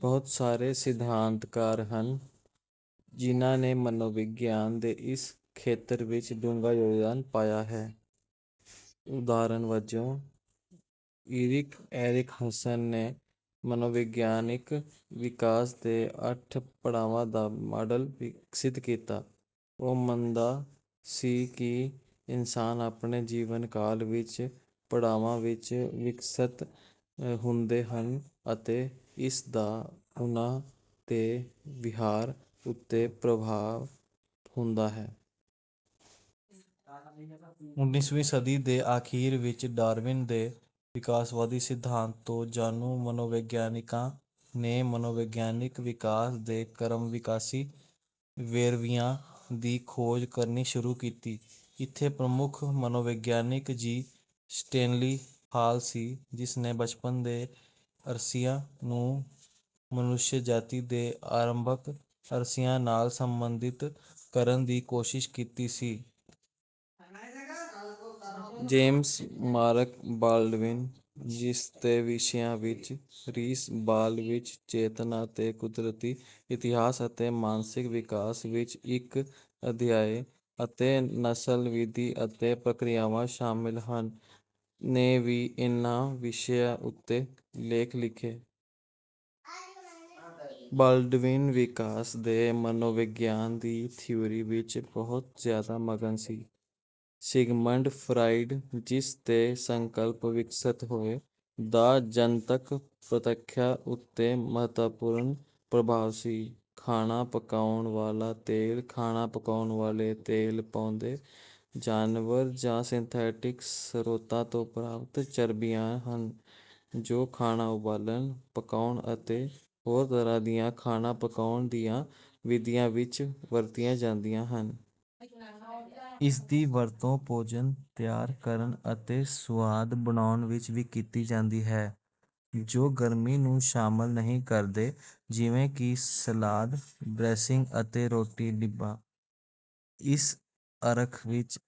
ਬਹੁਤ ਸਾਰੇ ਸਿਧਾਂਤਕਾਰ ਹਨ, ਜਿਨ੍ਹਾਂ ਨੇ ਮਨੋਵਿਗਿਆਨ ਦੇ ਇਸ ਖੇਤਰ ਵਿੱਚ ਡੂੰਘਾ ਯੋਗਦਾਨ ਪਾਇਆ ਹੈ। ਉਦਾਹਰਣ ਵਜੋਂ, ਏਰਿਕ ਐਰਿਕਸਨ ਨੇ ਮਨੋਵਿਗਿਆਨਿਕ ਵਿਕਾਸ ਦੇ ਅੱਠ ਪੜਾਵਾਂ ਦਾ ਮਾਡਲ ਵਿਕਸਿਤ ਕੀਤਾ। ਉਹ ਮੰਨਦਾ ਸੀ ਕਿ ਇਨਸਾਨ ਆਪਣੇ ਜੀਵਨ ਕਾਲ ਵਿੱਚ ਪੜਾਵਾਂ ਵਿੱਚ ਵਿਕਸਤ ਹੁੰਦੇ ਹਨ ਅਤੇ ਇਸ ਦਾ ਉਨ੍ਹਾਂ ਦੇ ਵਿਹਾਰ ਉੱਤੇ ਪ੍ਰਭਾਵ ਹੁੰਦਾ ਹੈ। ਉਨਿਸਵੀਂ ਸਦੀ ਦੇ ਅਖੀਰ ਵਿੱਚ, ਡਾਰਵਿਨ ਦੇ ਵਿਕਾਸਵਾਦੀ ਸਿਧਾਂਤ ਤੋਂ ਜਾਣੂ ਮਨੋਵਿਗਿਆਨੀਆਂ ਨੇ ਮਨੋਵਿਗਿਆਨਿਕ ਵਿਕਾਸ ਦੇ ਕਰਮਵਿਕਾਸੀ ਵੇਰਵਿਆਂ ਦੀ ਖੋਜ ਕਰਨੀ ਸ਼ੁਰੂ ਕੀਤੀ। ਇੱਥੇ ਪ੍ਰਮੁੱਖ ਮਨੋਵਿਗਿਆਨੀ ਜੀ. ਸਟੈਨਲੀ ਹਾਲ ਸੀ, ਜਿਸ ਨੇ ਬਚਪਨ ਦੇ ਅਰਸਿਆਂ ਨੂੰ ਮਨੁੱਖਜਾਤੀ ਦੇ ਅਰੰਭਕ ਅਰਸਿਆਂ ਨਾਲ ਸੰਬੰਧਿਤ ਕਰਨ ਦੀ ਕੋਸ਼ਿਸ਼ ਕੀਤੀ ਸੀ। ਜੇਮਜ਼ ਮਾਰਕ ਬਾਲਡਵਿਨ, ਜਿਸ ਦੇ ਵਿਸ਼ਿਆਂ ਵਿੱਚ ‘ਰੀਸ: ਬਾਲ ਵਿੱਚ ਚੇਤਨਾ ਦੇ ਕੁਦਰਤੀ ਇਤਿਹਾਸ ਅਤੇ ਮਾਨਸਿਕ ਵਿਕਾਸ ਵਿੱਚ ਇੱਕ ਅਧਿਆਇ’ ਅਤੇ ‘ਨਸਲ: ਵਿਧੀ ਅਤੇ ਪ੍ਰਕਿਰਿਆਵਾਂ’ ਸ਼ਾਮਲ ਸਨ, ਨੇ ਵੀ ਇਨ੍ਹਾਂ ਵਿਸ਼ਿਆਂ ਉੱਤੇ ਲੇਖ ਲਿਖੇ। ਬਾਲਡਵਿਨ ਵਿਕਾਸ ਦੇ ਮਨੋਵਿਗਿਆਨ ਦੀ ਥਿਊਰੀ ਵਿੱਚ ਬਹੁਤ ਜ਼ਿਆਦਾ ਮਗਨ ਸੀ। ਸਿਗਮੰਡ ਫਰਾਇਡ, ਜਿਸ ਦੇ ਸੰਕਲਪ ਵਿਕਸਤ ਹੋਏ, ਦਾ ਜਨਤਕ ਪ੍ਰਤੱਖਣਾਂ ਉੱਤੇ ਮਹੱਤਵਪੂਰਨ ਪ੍ਰਭਾਵ ਸੀ। ਖਾਣਾ ਪਕਾਉਣ ਵਾਲਾ ਤੇਲ ਖਾਣਾ ਪਕਾਉਣ ਵਾਲੇ ਤੇਲ ਪੌਦੇ, ਜਾਨਵਰ ਜਾਂ ਸਿੰਥੈਟਿਕ ਸਰੋਤਾਂ ਤੋਂ ਪ੍ਰਾਪਤ ਚਰਬੀਆਂ ਹਨ, ਜੋ ਖਾਣਾ ਉਬਾਲਣ, ਪਕਾਉਣ ਅਤੇ ਹੋਰ ਤਰ੍ਹਾਂ ਦੀਆਂ ਖਾਣਾ ਪਕਾਉਣ ਦੀਆਂ ਵਿਧੀਆਂ ਵਿੱਚ ਵਰਤੀਆਂ ਜਾਂਦੀਆਂ ਹਨ। ਇਸ ਦੀ ਵਰਤੋਂ ਭੋਜਨ ਤਿਆਰ ਕਰਨ ਅਤੇ ਸੁਆਦ ਬਣਾਉਣ ਵਿੱਚ ਵੀ ਕੀਤੀ ਜਾਂਦੀ ਹੈ, ਜੋ ਗਰਮੀ ਨੂੰ ਸ਼ਾਮਲ ਨਹੀਂ ਕਰਦੇ, ਜਿਵੇਂ ਕਿ ਸਲਾਦ ਡ੍ਰੈਸਿੰਗ ਅਤੇ ਰੋਟੀ ਡਿੱਪਾਂ। ਇਸ ਅਰਥ ਵਿੱਚ,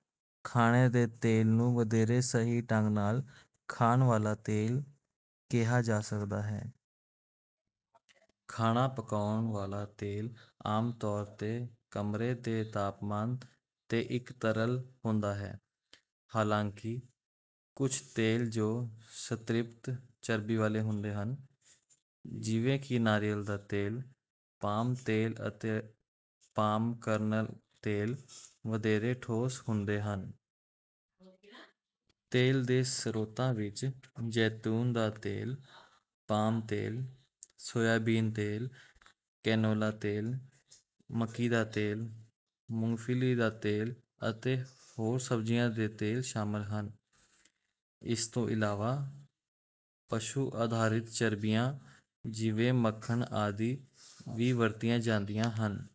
ਖਾਣੇ ਦੇ ਤੇਲ ਨੂੰ ਵਧੇਰੇ ਸਹੀ ਢੰਗ ਨਾਲ ‘ਖਾਣ ਵਾਲਾ ਤੇਲ’ ਕਿਹਾ ਜਾ ਸਕਦਾ ਹੈ। ਖਾਣਾ ਪਕਾਉਣ ਵਾਲਾ ਤੇਲ ਆਮ ਤੌਰ ’ਤੇ ਕਮਰੇ ਦੇ ਤਾਪਮਾਨ ’ਤੇ ਇੱਕ ਤਰਲ ਹੁੰਦਾ ਹੈ। ਹਾਲਾਂਕਿ, ਕੁਝ ਤੇਲ ਜੋ ਸੰਤ੍ਰਿਪਤ ਚਰਬੀ ਵਾਲੇ ਹੁੰਦੇ ਹਨ, ਜਿਵੇਂ ਕਿ ਨਾਰੀਅਲ ਦਾ ਤੇਲ, ਪਾਮ ਤੇਲ ਅਤੇ ਪਾਮ ਕਰਨਲ ਤੇਲ, ਵਧੇਰੇ ਠੋਸ ਹੁੰਦੇ ਹਨ। ਤੇਲ ਦੇ ਸਰੋਤਾਂ ਵਿੱਚ ਜੈਤੂਨ ਦਾ ਤੇਲ, ਪਾਮ ਤੇਲ, ਸੋਇਆਬੀਨ ਤੇਲ, ਕੈਨੋਲਾ ਤੇਲ, ਮੱਕੀ ਦਾ ਤੇਲ, ਮੂੰਗਫਲੀ ਦਾ ਤੇਲ ਅਤੇ ਹੋਰ ਸਬਜ਼ੀਆਂ ਦੇ ਤੇਲ ਸ਼ਾਮਲ ਹਨ। ਇਸ ਤੋਂ ਇਲਾਵਾ, ਪਸ਼ੂ-ਆਧਾਰਿਤ ਚਰਬੀਆਂ, ਜਿਵੇਂ ਮੱਖਣ ਆਦਿ, ਵੀ ਵਰਤੀਆਂ ਜਾਂਦੀਆਂ ਹਨ।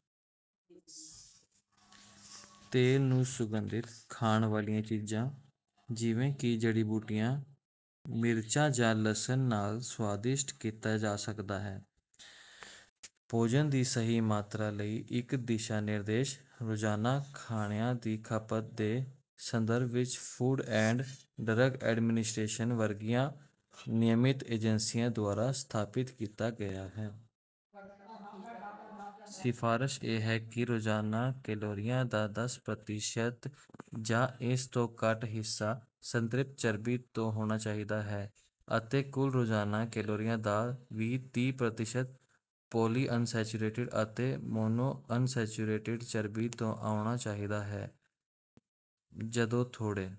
ਤੇਲ ਨੂੰ ਸੁਗੰਧਿਤ ਖਾਣ ਵਾਲੀਆਂ ਚੀਜ਼ਾਂ, ਜਿਵੇਂ ਕਿ ਜੜੀ-ਬੂਟੀਆਂ, ਮਿਰਚਾਂ ਜਾਂ ਲਸਣ ਨਾਲ ਸੁਆਦਿਸ਼ਟ ਕੀਤਾ ਜਾ ਸਕਦਾ ਹੈ। ਭੋਜਨ ਦੀ ਸਹੀ ਮਾਤਰਾ ਲਈ ਇੱਕ ਦਿਸ਼ਾ-ਨਿਰਦੇਸ਼ ਰੋਜ਼ਾਨਾ ਖਾਣਿਆਂ ਦੀ ਖਪਤ ਦੇ ਸੰਦਰਭ ਵਿੱਚ ਫੂਡ ਐਂਡ ਡਰੱਗ ਐਡਮਿਨਿਸਟ੍ਰੇਸ਼ਨ ਵਰਗੀਆਂ ਨਿਯਮਤ ਏਜੰਸੀਆਂ ਦੁਆਰਾ ਸਥਾਪਤ ਕੀਤਾ ਗਿਆ ਹੈ। ਸਿਫ਼ਾਰਸ਼ ਇਹ ਹੈ ਕਿ ਰੋਜ਼ਾਨਾ ਕੈਲੋਰੀਆਂ ਦਾ ਦੱਸ ਪਰਤੀਸਤ ਜਾਂ ਇਸ ਤੋਂ ਘੱਟ ਹਿੱਸਾ ਸੰਤ੍ਰਿਪਤ ਚਰਬੀ ਤੋਂ ਹੋਣਾ ਚਾਹੀਦਾ ਹੈ ਅਤੇ ਕੁੱਲ ਰੋਜ਼ਾਨਾ ਕੈਲੋਰੀਆਂ ਦਾ ਵੀਂ-ਤੀ ਪਰਤੀਸਤ ਪੌਲੀਅਨਸੈਚੁਰੇਟਿਡ ਅਤੇ ਮੋਨੋਅਨਸੈਚੁਰੇਟਿਡ ਚਰਬੀ ਤੋਂ ਆਉਣਾ ਚਾਹੀਦਾ ਹੈ। ਜਦੋਂ ਥੋੜੇ